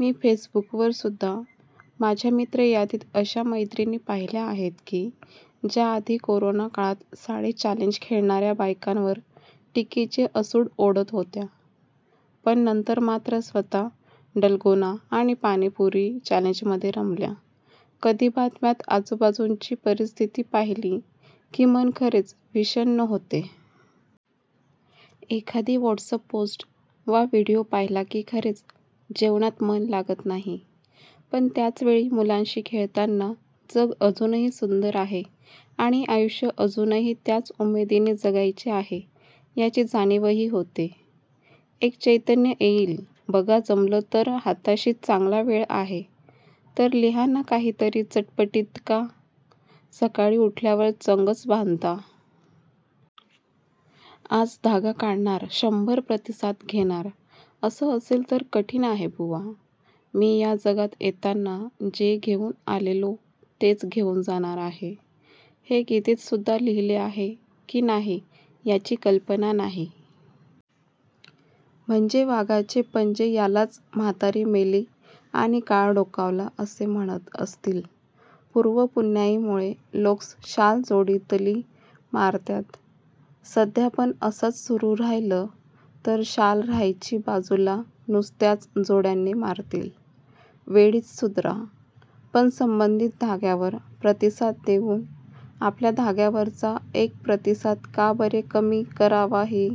मी फेसबूकवर् सुद्धा माझ्या मित्रयादीत अश्या मैत्रीणी पाहिल्या आहेत की ज्या आधी कोरोनाकाळात साडी चॅलेंज खेळणारया बायकांवर टिकेचे असूड ओढत होत्या. पण नंतर मात्र स्व्त: डालगोना आणि पाणीपुरी चॅलेंजमध्ये रमल्या.. कधी बातम्यात आजूबाजूची परिस्थिती पाहिली की मन खरेच विषण्ण होते. एखादी व्हॉटसपपोस्ट वा विडिओ पाहिला की खरेच जेवणात मन लागत नाही. पण त्याचवेळी मुलांशी खेळताना जग अजूनही सुंदर आहे आणि आयुष्य अजूनही त्याच उमेदीने जगायचे आहे याची जाणीवही होते. एक चैतन्य येईल ^बघा जमलं तरहाताशी चांगला वेळ आहे तर लिहा ना काहीतरी चटपटीतका सकाळी उठल्यावर चंगच बांधता.. आज धागा काढणार शंभर प्रतिसाद घेणार.. असं असेल तर कठिण आहे बुआ.. मी या जगात येताना जे घेऊन आलेलो तेच घेऊन जाणार आहे. हे गीतेत सुद्धा लिहिले आहे की नाही याची कल्पना नाही. म्हणजे वाघाचे पंजेयालाच म्हातारी मेली आणि काळ डोकावला असे म्हणत असतीलपुर्वपुण्याईमुळे लोक्स शालजोडीतली मारत्यात सध्या पण असच सुरू राह्यलं तर शाल राह्यची बाजूला, नुसत्याच जोड्यानी मारतील. वेळीच सुद्रा. पण संबंधित धाग्यावर प्रतिसाद देऊन आपल्या धाग्यावरचा एक प्रतिसाद का बरे कमी करावाहि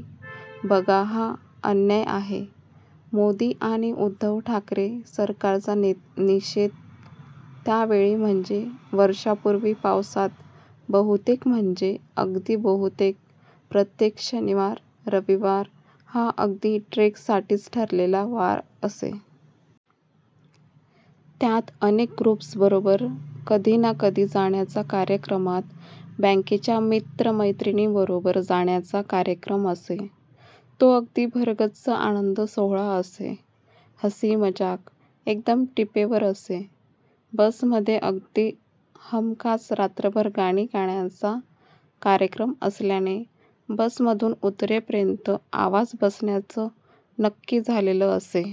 बघाहा अन्याय आहे, मोदी आणि उद्धव ठाकरे सरकारचा निषेध त्यावेळी म्हणजे वर्षांपूर्वी पावसात बहुतेक म्हंजे अगदी बहुतेक प्रत्येक शनिवार-रविवार हा अगदी ट्रेक साठीच ठरलेला वार असे. त्यात अनेक ग्रुप्सबरोबर कधी ना कधी जाण्याच्या कार्यक्रमात बँकेच्या मित्रमैत्रिणींबरोबर जाण्याचा कार्यक्रम असे. तो अगदी भरगच्च आनंदसोहोळा असे. हसी-मजाक एकदम टीपेवर असे. बसमधे अगदी हमखास रात्रभर गाणी गाण्याचा कार्यक्रम असल्याने बसमधून उतरेपर्यंत आवाज बसण्याचं नक्की झालेलं असे.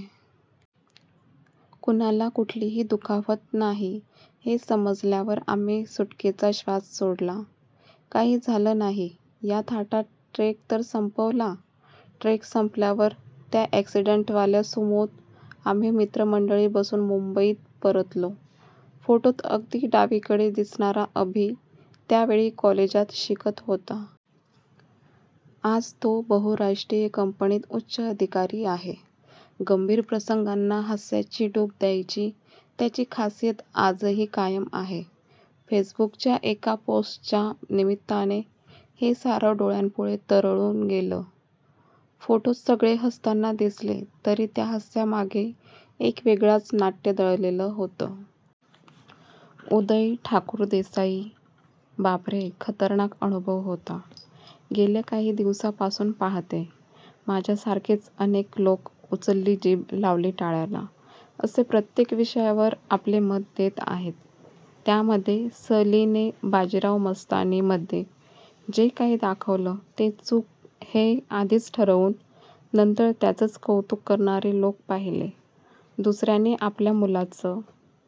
कुणाला कुठलीही दुखापत नाही हे समजल्यावर आम्ही सुटकेचा श्वास सोडला. काही झालं नाही या थाटात ट्रेक तर संपवला. ट्रेक संपल्यावर 'त्या ' ऍक्सिडेंटवाल्या सुमो त आम्ही मित्रमंडळी बसून मुंबईत परतलो. फोटोत अगदी डावीकडे दिसणारा अभि त्यावेळी कॉलेजात शिकत होता. आज तो बहुराष्ट्रीय कंपनीत उच्चाधिकारी आहे. गंभीर प्रसंगांना हास्याची डूब द्यायची त्याची खासियत आजही कायम आहे. फेसबुक च्या एका पोस्ट च्या निमित्ताने हे सारं डोळ्यापुढे तरळून गेलं. फोटोत सगळे हसताना दिसले तरी त्या हास्यामागे एक वेगळाच नाट्य दडलेलं होतं. उदय ठाकूरदेसाई. बापरे खतरनाक अनुभव होता. गेल्या काही दिवसांपासून पाहतेय, माझ्यासारखेच अनेक लोक 'उचलली जीभ लावली टाळ्याला' असे प्रत्येक विषयावर आपले मत देत आहेत. त्यामध्ये, स. ली. ने बाजीराव मस्तानी मध्ये जे काही दाखवलं ते चूक हे आधीच ठरवून, नंतर त्याचंच कौतुक करणारे लोक पाहिले. दुसऱ्याने आपल्या मुलाचं